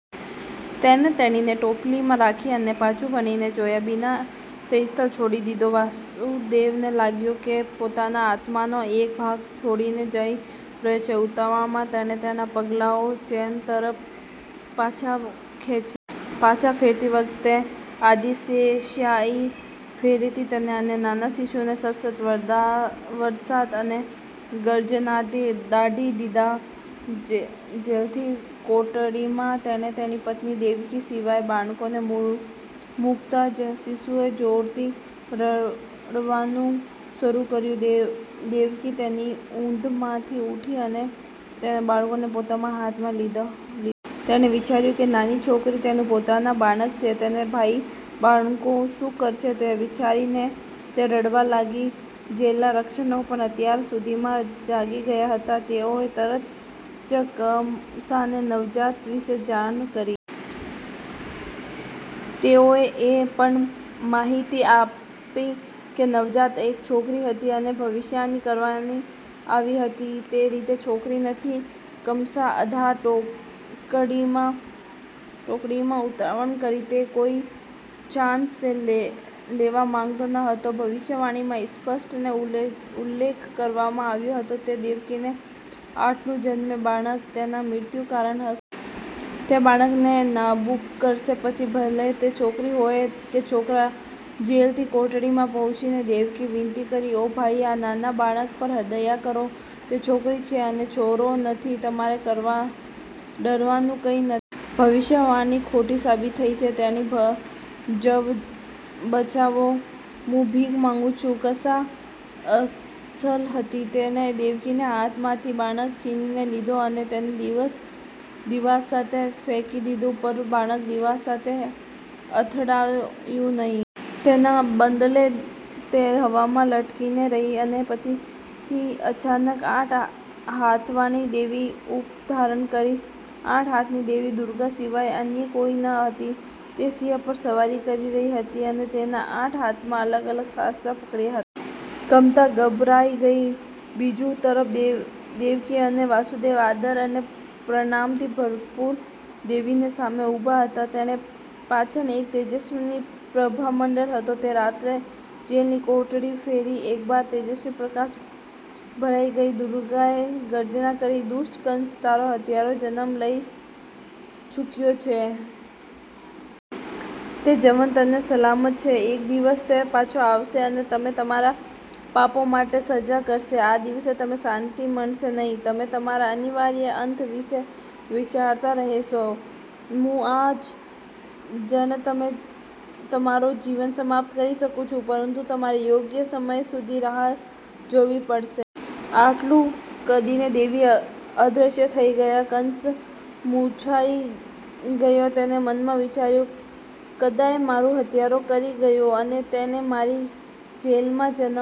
તેણે તેણીને ટોપલીમાં રાખી અને પાછું વળીને જોયા વિના તે સ્થળ છોડી દીધું. વાસુદેવને લાગ્યું કે તે પોતાના આત્માનો એક ભાગ છોડીને જઈ રહ્યો છે. ઉતાવળમાં, તેણે તેના પગલાઓ જેલ તરફ પાછા ખેંચ પાછા ફરતી વખતે, આદિ-શેષાએ ફરીથી તેને અને નાના શિશુને સતત વરદા વરસાદ અને ગર્જનાથી દાઢી દીધા. જેલની કોટડીમાં તેણે તેની પત્ની દેવકી સિવાય બાળકને મૂકતાં જ શિશુએ જોરથી રડવાનું શરૂ કર્યું. દેવકી તેની ઊંઘમાંથી ઉઠી અને તેણે બાળકને પોતાના હાથમાં લીધા તેણે વિચાર્યું કે નાની છોકરી તેનું પોતાનું બાળક છે. તેનો ભાઈ બાળકો શું કરશે તે વિચારીને તે રડવા લાગી. જેલના રક્ષકો પણ અત્યાર સુધીમાં જાગી ગયા હતા. તેઓએ તરત જ કમસાને નવજાત વિશે જાણ કરી. તેઓએ એ પણ માહિતી આપી કે નવજાત એક છોકરી હતી અને ભવિષ્યવાણી કરવાની આવી હતી તે રીતે છોકરી નથી. કમસા અંધાર કોટડીમાં ઉતાવળ કરી. તે કોઈ ચાન્સ લેવા માંગતો ન હતો. ભવિષ્યવાણીમાં સ્પષ્ટપણે ઉલ્લેખ કરવામાં આવ્યો હતો કે દેવકીને આઠમું જન્મેલું બાળક તેના મૃત્યુનું કારણ હશે. તે બાળકને નાબૂદ કરશે, પછી ભલે તે છોકરી હોય કે છોકરા. જેલની કોટડીમાં પહોંચીને દેવકીએ વિનંતી કરી, ઓ ભાઈ! આ નાના બાળક પર દયા કરો. તે છોકરી છે અને છોરો નથી. તમારે કરવા ડરવાનું કંઈ નથી. ભવિષ્યવાણી ખોટી સાબિત થઈ છે. તેણીનો જીવ બચાવો. હું ભીખ માંગું છુ. કંસા અચલ હતી. તેણે દેવકીના હાથમાંથી બાળક છીનવી લીધું અને તેને દિવાલ સાથે ફેંકી દીધું. પરંતુ બાળક દિવાલ સાથે અથડાયું નહીં. તેના બદલે, તે હવામાં લટકતી રહી અને પછી અચાનક આઠ હાથવાળી દેવીનું રૂપ ધારણ કરી. આઠ હાથવાળી દેવી દુર્ગા સિવાય અન્ય કોઈ ન હતી. તે સિંહ પર સવારી કરી રહી હતી અને તેના આઠ હાથમાં અલગ-અલગ શસ્ત્રો પકડ્યા હ કમસા ગભરાઈ ગઈ. બીજી તરફ, દેવકી અને વાસુદેવ આદર અને પ્રણામથી ભરપૂર, દેવીની સામે ઉભા હતા. તેની પાછળ એક તેજસ્વી પ્રભામંડળ હતો. તે રાત્રે, જેલની કોટડી ફરી એકવાર તેજસ્વી પ્રકાશથી ભરાઈ ગઈ. દુર્ગાએ ગર્જના કરી, દુષ્ટ કંસા, તારો હત્યારો જનમ લઈ ચૂક્યો છે. તે જીવંત અને સલામત છે. એક દિવસ, તે પાછો આવશે અને તમને તમારા પાપો માટે સજા કરશે. આ દિવસે, તમને શાંતિ મળશે નહીં. તમે તમારા અનિવાર્ય અંત વિશે વિચારતા રહેશો. હું આ જ ક્ષણે તમારું જીવન સમાપ્ત કરી શકું છું પરંતુ તમારે યોગ્ય સમય સુધી રાહ જોવી પડશે. આટલું કહીને દેવી અદૃશ્ય થઈ ગયા. કંસ મૂંઝાઈ ગયા તેણે મનમાં વિચાર્યું, કદાચ મારો હત્યારો ડરી ગયો અને તેણે મારી જેલમાં જનમ